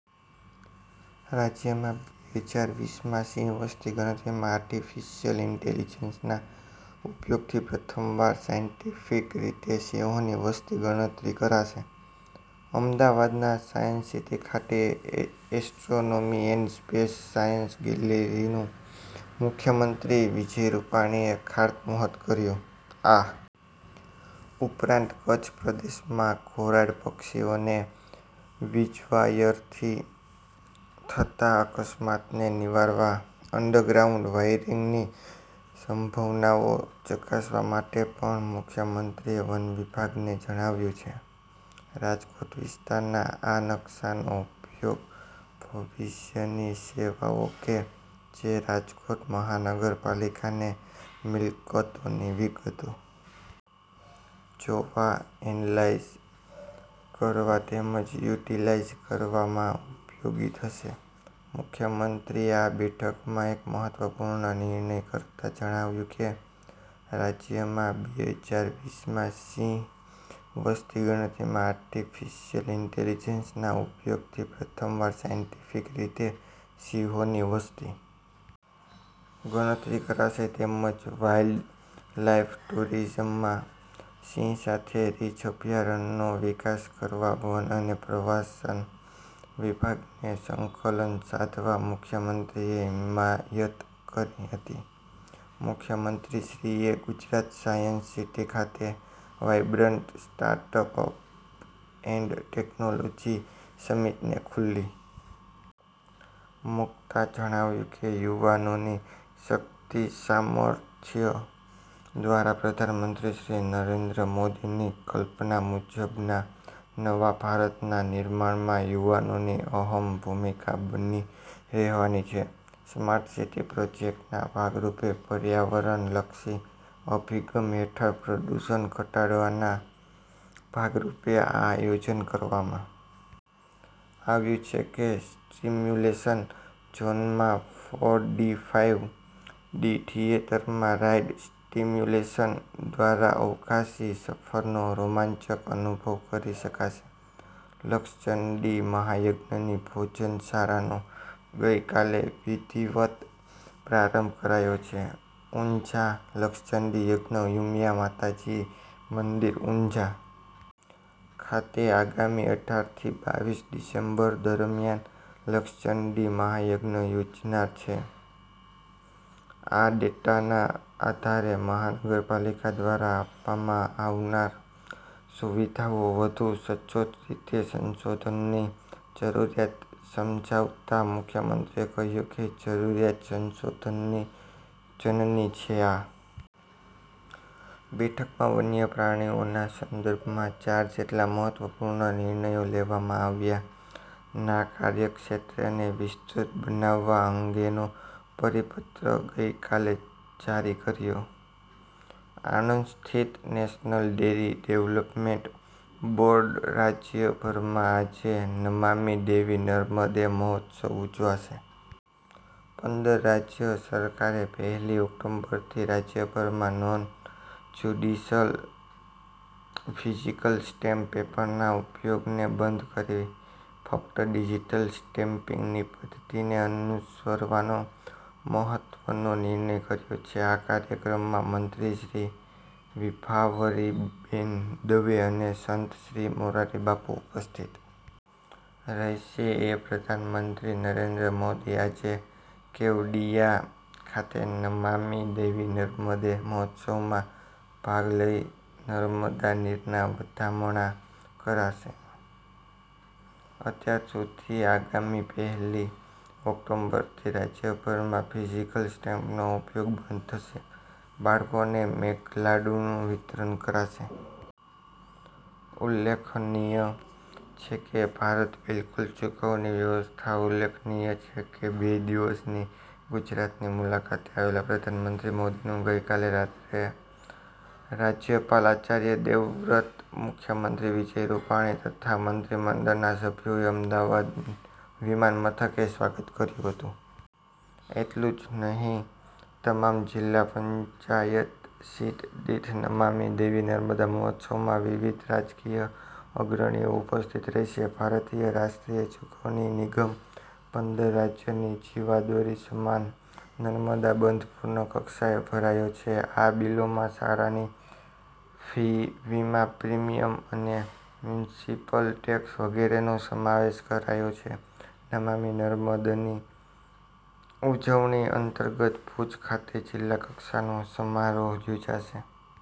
રાજ્યમાં બે હજાર વીસ માં સિંહ વસ્તી ગણતરીમાં આર્ટીફીશીયલ ઈન્ટેલીજન્સના ઉપયોગથી પ્રથમવાર સાયન્ટીફિક રીતે સિંહોની વસ્તી ગણતરી કરાશે અમદાવાદના સાયન્સ સીટી ખાતે એસ્ટ્રોનોમી એન્ડ સ્પેસ સાયન્સ ગેલેરીનું મુખ્યમંત્રી વિજય રૂપાણીએ ખાતમુહૂર્ત કર્યું આ ઉપરાંત કચ્છ પ્રદેશમાં ધોરાડ પક્ષીઓને વીજવાયરથી થતા અકસ્માતને નિવારવા અંડર ગ્રાઉન્ડ વાયરીંગની સંભાવનાઓ ચકાસવા માટે પણ મુખ્યમંત્રીએ વનવિભાગને જણાવ્યું છે રાજકોટ વિસ્તારના આ નકશાનો ઉપયોગ ભવિષ્યની સેવાઓ કે જે રાજકોટ મહાનગરપાલિકાને મિલકતોની વિગતો જોવા એનલાઈઝ કરવા તેમજ યુટીલાઈઝ કરવામાં ઉપયોગી થશે મુખ્યમંત્રીએ આ બેઠકમાં એક મહત્વપૂર્ણ નિર્ણય કરતા જણાવ્યું કે રાજ્યમાં બે હજાર વીસ માં સિંહ વસ્તી ગણતરીમાં આર્ટીફીશીયલ ઈન્ટેલીજન્સના ઉપયોગથી પ્રથમવાર સાયન્ટીફિક રીતે સિંહોની વસ્તી ગણતરી કરાશે તેમજ વાઈલ્ડ લાઈફ ટુરિઝમમાં સિંહ સાથે રીંછ અભ્યારણ્યનો વિકાસ કરવા વન અને પ્રવાસન વિભાગને સંકલન સાધવા મુખ્યમંત્રીએ હિમાયત કરી હતી મુખ્યમંત્રીશ્રીએ ગુજરાત સાયન્સ સીટી ખાતે વાયબ્રન્ટ સ્ટાર્ટઅપ એન્ડ ટેકનોલોજી સમિટને ખુલ્લી મુકતા જણાવ્યું કે યુવાનોની શક્તિસામર્થ્ય દ્વારા પ્રધાનમંત્રી શ્રી નરેન્દ્ર મોદીની કલ્પના મુજબના નવા ભારતના નિર્માણમાં યુવાનોની અહમ ભૂમિકા બની રહેવાની છે સ્માર્ટસીટી પ્રોજેક્ટના ભાગરૂપે પર્યાવરણલક્ષી અભિગમ હેઠળ પ્રદૂષણ ધટાડવના ભાગરૂપે આ આયોજન કરવામાં આવ્યું છે સ્ટીમ્યુલેશન ઝોનમાં ફોર ડી ફાઈવ ડી થિયેટરમાં રાઈડ સ્ટીમ્યુલેશન દ્વારા અવકાશી સફરનો રોમાંચક અનુભવ કરી શકાશે લક્ષચંડી મહાયજ્ઞની ભોજનશાળાનો ગઇકાલે વિધિવત પ્રારંભ કરાયો છે ઉંઝા લક્ષચંડી યજ્ઞ ઉમિયા માતાજી મંદિર ઉંઝા ખાતે આગામી અઢાર થી બાવીસ ડિસેમ્બર દરમિયાન લક્ષચંડી મહાયજ્ઞ યોજાનાર છે આ ડેટાના આધારે મહાનગરપાલિકા દ્વારા આપવામાં આવનાર સુવિધાઓ વધુ સચોટ રીતે શોધસંશોધનની જરૂરીયાત સમજાવતા મુખ્યમંત્રીએ કહ્યું કે જરૂરિયાત સંશોધનની જનની છે આ બેઠકમાં વન્ય પ્રાણીઓના સંદર્ભમાં ચાર જેટલા મહત્વપૂર્ણ નિર્ણયો લેવામાં આવ્યા ના કાર્યક્ષેત્રને વિસ્તૃત બનાવવા અંગેનો પરિપત્ર ગઇકાલે જારી કર્યો છે આણંદ સ્થિત નેશનલ ડેરી ડેવલપમેન્ટ બોર્ડ રાજ્યભરમાં આજે નમામિ દેવી નર્મદે મહોત્સવ ઉજવાશે પંદર રાજ્ય સરકારે પહેલી ઓક્ટોબરથી રાજ્યભરમાં નોન જ્યુડીશ્યલ ફીઝીકલ સ્ટેમ્પ પેપરના ઉપયોગને બંધ કરી ફક્ત ડિઝીટલ સ્ટેમ્પીંગની પદ્ધતિને અનુસરવાનો મહત્વનો નિર્ણય કર્યો છે આ કાર્યક્રમમાં મંત્રીશ્રી વિભાવરીબેન દવે અને સંતશ્રી મોરારી બાપુ ઉપસ્થિત રહેશે એ પ્રધાનમંત્રી નરેન્દ્ર મોદી આજે કેવડીયા ખાતે નમામિ દેવી નર્મદે મહોત્સવમાં ભાગ લઈ નર્મદા નીરના વધામણા કરશે અત્યાર સુધી આગામી પહેલી ઓક્ટોબરથી રાજ્યભરમાં ફિઝીકલ સ્ટેમ્પનો ઉપયોગ બંધ થશે બાળકોને મેઘલાડુનું વિતરણ કરાશે ઉલ્લેખનીય છે કે ભારત બીલ ચુકવણી વ્યવસ્થા ઉલ્લેખનીય છે કે બે દિવસની ગુજરાતની મુલાકાતે આવેલા પ્રધાનમંત્રી મોદીનું ગઈકાલે રાત્રે રાજયપાલ આચાર્ય દેવવ્રત મુખ્યમંત્રી વિજય રૂપાણી તથા મંત્રીમંડળના સભ્યોએ અમદાવાદ વિમાનમથકે સ્વાગત કર્યું હતું એટલું જ નહી તમામ જિલ્લા પંચાયત સીટ દીઠ નમામિ દેવી નર્મદે મહોત્સવમાં વિવિધ રાજકીય અગ્રણીઓ ઉપસ્થિત રહેશે ભારતીય રાષ્ટ્રીય ચુકવણી નિગમ પંદર રાજયની જીવાદોરી સમાન નર્મદા બંધ પૂર્ણ કક્ષાએ ભરાયો છે આ બીલોમાં શાળાની ફી વીમા પ્રિમીયમ અને મ્યુનીસીપલ ટેક્સ વગેરેનો સમાવેશ કરાયો છે નમામિ નર્મદની ઉજવણી અંતર્ગત ભૂજ ખાતે જિલ્લાકક્ષાનો સમારોહ યોજાશે।